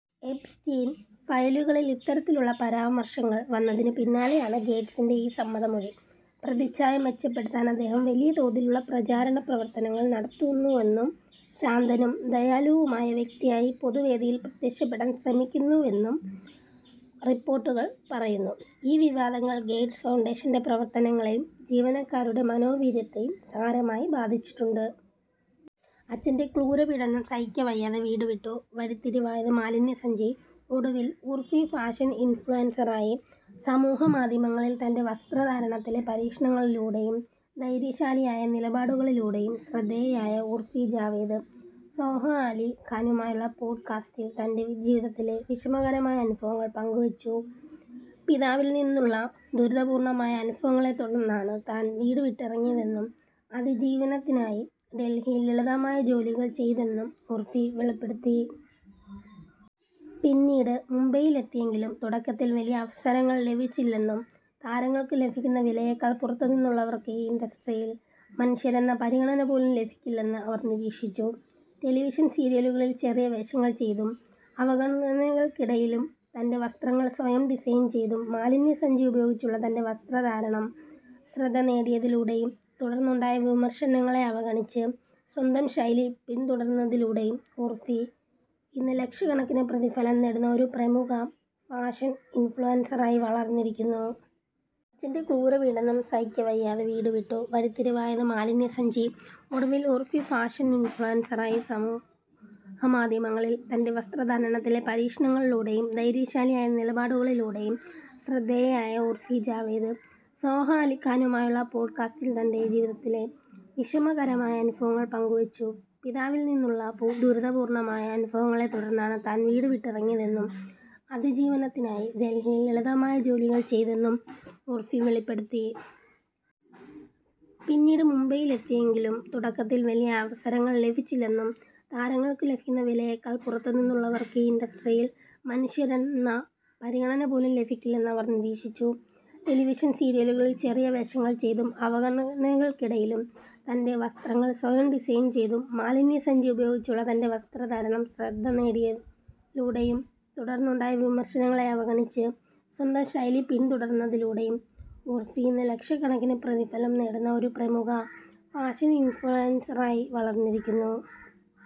Epstein ഫയലുകളിൽ ഇത്തരത്തിലുള്ള പരാമർശങ്ങൾ വന്നതിന് പിന്നാലെയാണ് ഗേറ്റ്സിന്റെ ഈ സമ്മതമൊഴി. പ്രതിച്ഛായ മെച്ചപ്പെടുത്താൻ അദ്ദേഹം വലിയ തോതിലുള്ള പ്രചാരണ പ്രവർത്തനങ്ങൾ നടത്തുന്നുവെന്നും, ശാന്തനും ദയാലുവുമായ വ്യക്തിയായി പൊതുവേദിയിൽ പ്രത്യക്ഷപ്പെടാൻ ശ്രമിക്കുന്നുവെന്നും റിപ്പോർട്ടുകൾ പറയുന്നു. ഈ വിവാദങ്ങൾ ഗേറ്റ്സ് ഫൗണ്ടേഷന്റെ പ്രവർത്തനങ്ങളെയും ജീവനക്കാരുടെ മനോവീര്യത്തെയും സാരമായി ബാധിച്ചിട്ടുണ്ട്. അച്ഛന്റെ ക്രൂരപീഡനം സഹിക്കവയ്യാതെ വീടുവിട്ടു, വഴിത്തിരിവായത് 'മാലിന്യസഞ്ചി': ഒടുവിൽ ഉർഫി ഫാഷൻ ഇൻഫ്ലുവൻസറായി। സമൂഹമാധ്യമങ്ങളിൽ തൻ്റെ വസ്ത്രധാരണത്തിലെ പരീക്ഷണങ്ങളിലൂടെയും ധൈര്യശാലിയായ നിലപാടുകളിലൂടെയും ശ്രദ്ധേയയായ ഉർഫി ജാവേദ്, സോഹ അലി ഖാനുമായുള്ള പോഡ്കാസ്റ്റിൽ തൻ്റെ ജീവിതത്തിലെ വിഷമകരമായ അനുഭവങ്ങൾ പങ്കുവെച്ചു. പിതാവിൽ നിന്നുള്ള ദുരിതപൂർണ്ണമായ അനുഭവങ്ങളെത്തുടർന്നാണ് താൻ വീടുവിട്ടിറങ്ങിയതെന്നും, അതിജീവനത്തിനായി ഡൽഹിയിൽ ലളിതമായ ജോലികൾ ചെയ്തെന്നും ഉർഫി വെളിപ്പെടുത്തി. പിന്നീട് മുംബൈയിലെത്തിയെങ്കിലും തുടക്കത്തിൽ വലിയ അവസരങ്ങൾ ലഭിച്ചില്ലെന്നും, താരങ്ങൾക്ക് ലഭിക്കുന്ന വിലയേക്കാൾ പുറത്തുനിന്നുള്ളവർക്ക് ഈ ഇൻഡസ്ട്രിയിൽ മനുഷ്യരെന്ന പരിഗണന പോലും ലഭിക്കില്ലെന്ന് അവർ നിരീക്ഷിച്ചു. ടെലിവിഷൻ സീരിയലുകളിൽ ചെറിയ വേഷങ്ങൾ ചെയ്തും, അവഗണനകൾക്കിടയിലും തൻ്റെ വസ്ത്രങ്ങൾ സ്വയം ഡിസൈൻ ചെയ്തും, മാലിന്യസഞ്ചി ഉപയോഗിച്ചുള്ള തൻ്റെ വസ്ത്രധാരണം ശ്രദ്ധ നേടിയതിലൂടെയും, തുടർന്നുണ്ടായ വിമർശനങ്ങളെ അവഗണിച്ച് സ്വന്തം ശൈലി പിന്തുടർന്നതിലൂടെയും ഉർഫി ഇന്ന് ലക്ഷക്കണക്കിന് പ്രതിഫലം നേടുന്ന ഒരു പ്രമുഖ ഫാഷൻ ഇൻഫ്ലുവൻസറായി വളർന്നിരിക്കുന്നു. അച്ഛന്റെ ക്രൂരപീഡനം സഹിക്കവയ്യാതെ വീടുവിട്ടു, വഴിത്തിരിവായത് 'മാലിന്യസഞ്ചി': ഒടുവിൽ ഉർഫി ഫാഷൻ ഇൻഫ്ലുവൻസറായി സമൂഹമാധ്യമങ്ങളിൽ തൻ്റെ വസ്ത്രധാരണത്തിലെ പരീക്ഷണങ്ങളിലൂടെയും ധൈര്യശാലിയായ നിലപാടുകളിലൂടെയും ശ്രദ്ധേയയായ ഉർഫി ജാവേദ്, സോഹ അലി ഖാനുമായുള്ള പോഡ്കാസ്റ്റിൽ തൻ്റെ ജീവിതത്തിലെ വിഷമകരമായ അനുഭവങ്ങൾ പങ്കുവെച്ചു. പിതാവിൽ നിന്നുള്ള ദുരിതപൂർണ്ണമായ അനുഭവങ്ങളെത്തുടർന്നാണ് താൻ വീടുവിട്ടിറങ്ങിയതെന്നും, അതിജീവനത്തിനായി ഡൽഹിയിൽ ലളിതമായ ജോലികൾ ചെയ്തെന്നും ഉർഫി വെളിപ്പെടുത്തി. പിന്നീട് മുംബൈയിലെത്തിയെങ്കിലും തുടക്കത്തിൽ വലിയ അവസരങ്ങൾ ലഭിച്ചില്ലെന്നും, താരങ്ങൾക്ക് ലഭിക്കുന്ന വിലയേക്കാൾ പുറത്തുനിന്നുള്ളവർക്ക് ഈ ഇൻഡസ്ട്രിയിൽ മനുഷ്യരെന്ന പരിഗണന പോലും ലഭിക്കില്ലെന്ന് അവർ നിരീക്ഷിച്ചു. ടെലിവിഷൻ സീരിയലുകളിൽ ചെറിയ വേഷങ്ങൾ ചെയ്തും, അവഗണനകൾക്കിടയിലും തൻ്റെ വസ്ത്രങ്ങൾ സ്വയം ഡിസൈൻ ചെയ്തും, മാലിന്യസഞ്ചി ഉപയോഗിച്ചുള്ള തൻ്റെ വസ്ത്രധാരണം ശ്രദ്ധ നേടിയതിലൂടെയും, തുടർന്നുണ്ടായ വിമർശനങ്ങളെ അവഗണിച്ച് സ്വന്തം ശൈലി പിന്തുടർന്നതിലൂടെയും ഉർഫി ഇന്ന് ലക്ഷക്കണക്കിന് പ്രതിഫലം നേടുന്ന ഒരു പ്രമുഖ ഫാഷൻ ഇൻഫ്ലുവൻസറായി വളർന്നിരിക്കുന്നു.